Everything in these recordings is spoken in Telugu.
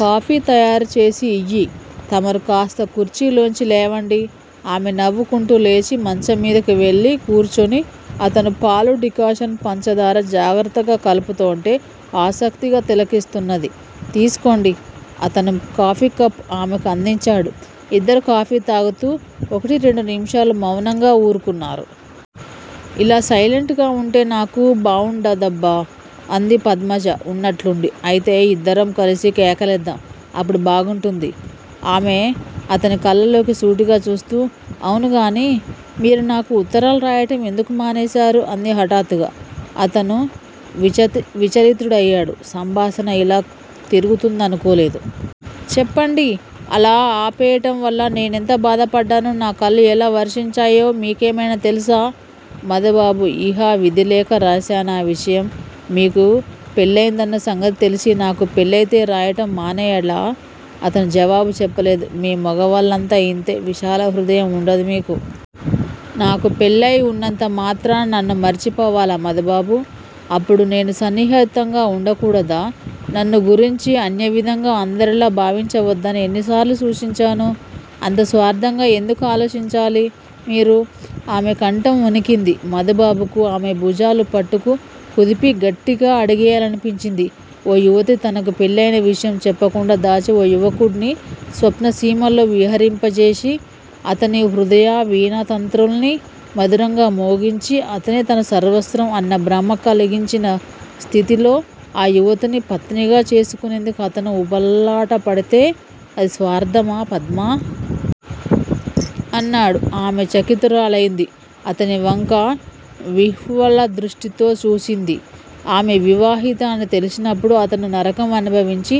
కాఫీ తయారుచేసి ఇయ్యి. తమరు కాస్త కుర్చీలోంచి లేవండి. ఆమె నవ్వుకుంటూ లేచి మంచంమీదకు వెళ్లి కూర్చుని అతను పాలూ డికాషన్ పంచదార జాగ్రత్తగా కలుపుతోంటే ఆసక్తిగా తిలకిస్తున్నది. తీసుకోండి. అతను కాఫీకప్ ఆమెకు అందించాడు. ఇద్దరూ కాఫీ తాగుతూ ఒకటిరెండు నిముషాలు మౌనంగా ఊరుకున్నారు. ఇలా సైలెంట్ గా వుంటే నాకు బావుండదబ్బా అంది పద్మజ వున్నట్లుండి. అయితే యిద్దరం కలిసి కేకలేద్దాం. అప్పుడు బాగుంటుంది. ఆమె అతని కళ్ళలోకి సూటిగా చూస్తూ అవునుగాని మీరు నాకు ఉత్తరాలు రాయటం ఎందుకు మానేశారు అంది హఠాత్తుగా. అతను విచతి విచలితుడయాడు. సంభాషణ యిలా తిరుగుతుందనుకోలేదు. చెప్పండి అలా ఆపేయటం వల్ల నేనెంత బాధపడ్డానో నా కళ్లు ఎలా వర్షించాయో మీకేమైనా తెలుసా? మధుబాబు యిహ విధిలేక రాశానా విషయం. మీకు పెళ్ళయిందన్న సంగతి తెలిసి నాకు పెళ్ళయితే రాయటం మానెయ్యాలా? అతను జవాబు చెప్పలేదు. మీ మొగవాళ్ళంతా యింతే. విశాలహృదయం వుండదు మీకు. నాకు పెళ్ళయి వున్నంతమాత్రాన నన్ను మరిచిపోవాలా మధుబాబూ! అప్పుడు నేను సన్నిహితంగా వుండకూడదా? నన్నుగురించి అన్యవిధంగా అందరిలా భావించవద్దని యెన్నిసార్లు సూచించాను? అంత స్వార్థంగా ఎందుకు ఆలోచించాలి మీరు? ఆమెకంఠం ఒణికింది. మధుబాబుకు ఆమెభుజాలు పట్టుకు కుదిపి గట్టిగా అడిగేయాలనిపించింది. ఓ యువతి తనకు పెళ్లి అయిన విషయం చెప్పకుండా దాచి ఓ యువకుడ్ని స్వప్నసీమల్లో విహరింపజేసి అతని హృదయవీణాతంత్రుల్ని మధురంగా మోగించి అతనే తన సర్వస్వం అన్నభ్రమ కలిగించినస్థితిలో ఆ యువతిని పత్నిగా చేసుకునేందుకు అతను ఉబలాటపడితే అది స్వార్థమా పద్మా? అన్నాడు. ఆమె చకితురాలైంది. అతనివంక విహ్వలదృష్టితో చూసింది. ఆమె వివాహిత అని తెలిసినప్పుడు అతను నరకం అనుభవించి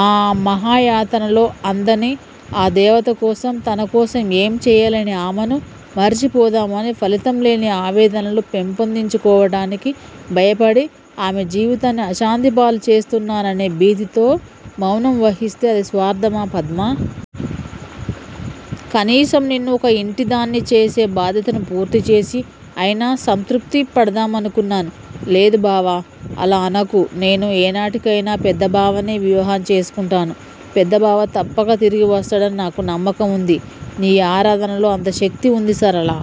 ఆ మహాయాతనలో అందని ఆ దేవతకోసం తనకోసం ఏంచెయ్యలేని ఆమెను మరిచిపోదామని ఫలితం లేని ఆవేదనలు పెంపొందించుకోవటానికి భయపడి ఆమె జీవితాన్ని అశాంతిపాలు చేస్తున్నాననే భీతితో మౌనం వహిస్తే అది స్వార్థమా పద్మా? కనీసం నిన్ను ఒక ఇంటిదాన్ని చేసే బాధ్యతను పూర్తిచేసి అయినా సంతృప్తి పడదామనుకున్నాను. లేదు బావా? అలా అనకు. నేను ఏనాటికయినా పెద్ద బావనే వివాహం చేసుకుంటాను. పెద్ద బావ తప్పక తిరిగి వస్తాడని నాకు నమ్మకముంది. నీ ఆరాధనలో అంత శక్తీ వుంది సరళా!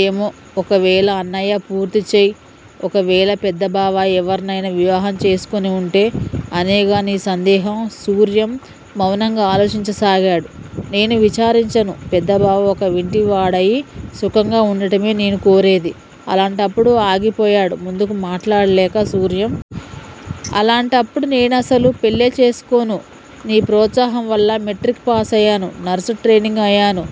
ఏమో? ఒకవేళ అన్నయ్య పూర్తి చెయ్! ఒకవేళ పెద్ద బావ ఎవర్నయినా వివాహం చేసుకుని వుంటే? అనేగా నీ సందేహం! సూర్యం మౌనంగా ఆలోచించసాగాడు. నేను విచారించను. పెద్ద బావ ఒక ఇంటివాడయి సుఖంగా ఉండటమే నేను కోరేది. అలాంటప్పుడు ఆగిపోయాడు ముందుకు మాట్లాడలేక సూర్యం. అలాంటప్పుడు నేను అసలు పెళ్లే చేసుకోను. నీ ప్రోత్సాహం వల్ల మెట్రిక్ పాసయాను. నర్సు ట్రైనింగ్ అయాను.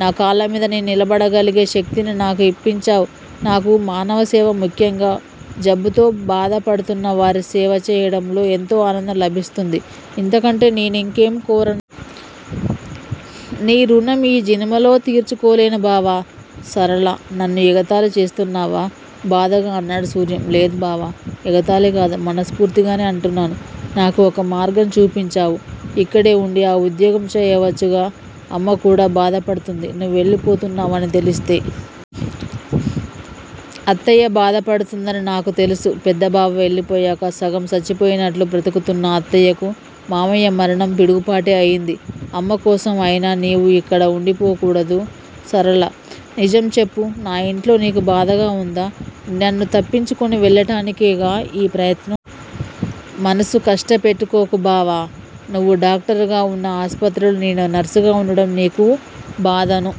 నా కాళ్ళమీద నేను నిలబడగలిగే శక్తిని నాకు ఇప్పించావు. నాకు మానవసేవ ముఖ్యంగా జబ్బుతో బాధ పడుతున్నవారి సేవ చేయడంలో ఎంతో ఆనందం లభిస్తుంది. ఇంతకంటే నేనింకేం కోరను. నీ రుణం ఈ జన్మలో తీర్చుకోలేను బావా! సరళా! నన్ను ఎగతాళి చేస్తున్నావా? బాధగా అన్నాడు సూర్యం. లేదు బావా! ఎగతాళి కాదు. మనస్పూర్తిగానే అంటున్నాను. నాకు ఒక మార్గం చూపించావు. ఇక్కడే వుండి ఆ ఉద్యోగం చేయవచ్చుగా? అమ్మకూడా బాధ పడుతుంది నువ్వెళ్ళిపోతున్నావని తెలిస్తే. అత్తయ్య బాధపడుతుందని నాకు తెలుసు. పెద్ద బావ వెళ్ళిపోయాక సగం చచ్చిపోయినట్లు బ్రతుకుతున్న అత్తయ్యకు మామయ్య మరణం పిడుగుపాటే అయింది. అమ్మకోసం అయినా నీవు ఇక్కడ ఉండిపోకూడదూ? సరళా! నిజం చెప్పు నా ఇంట్లో నీకు బాధగా ఉందా? నన్ను తప్పించుకొని వెళ్ళటానికేగా ఈ ప్రయత్నం? మనస్సు కష్టపెట్టుకోకు బావా! నువ్వు డాక్టరుగా వున్న ఆసుపత్రిలో నేను నర్సుగా ఉండటం నీకు బాధను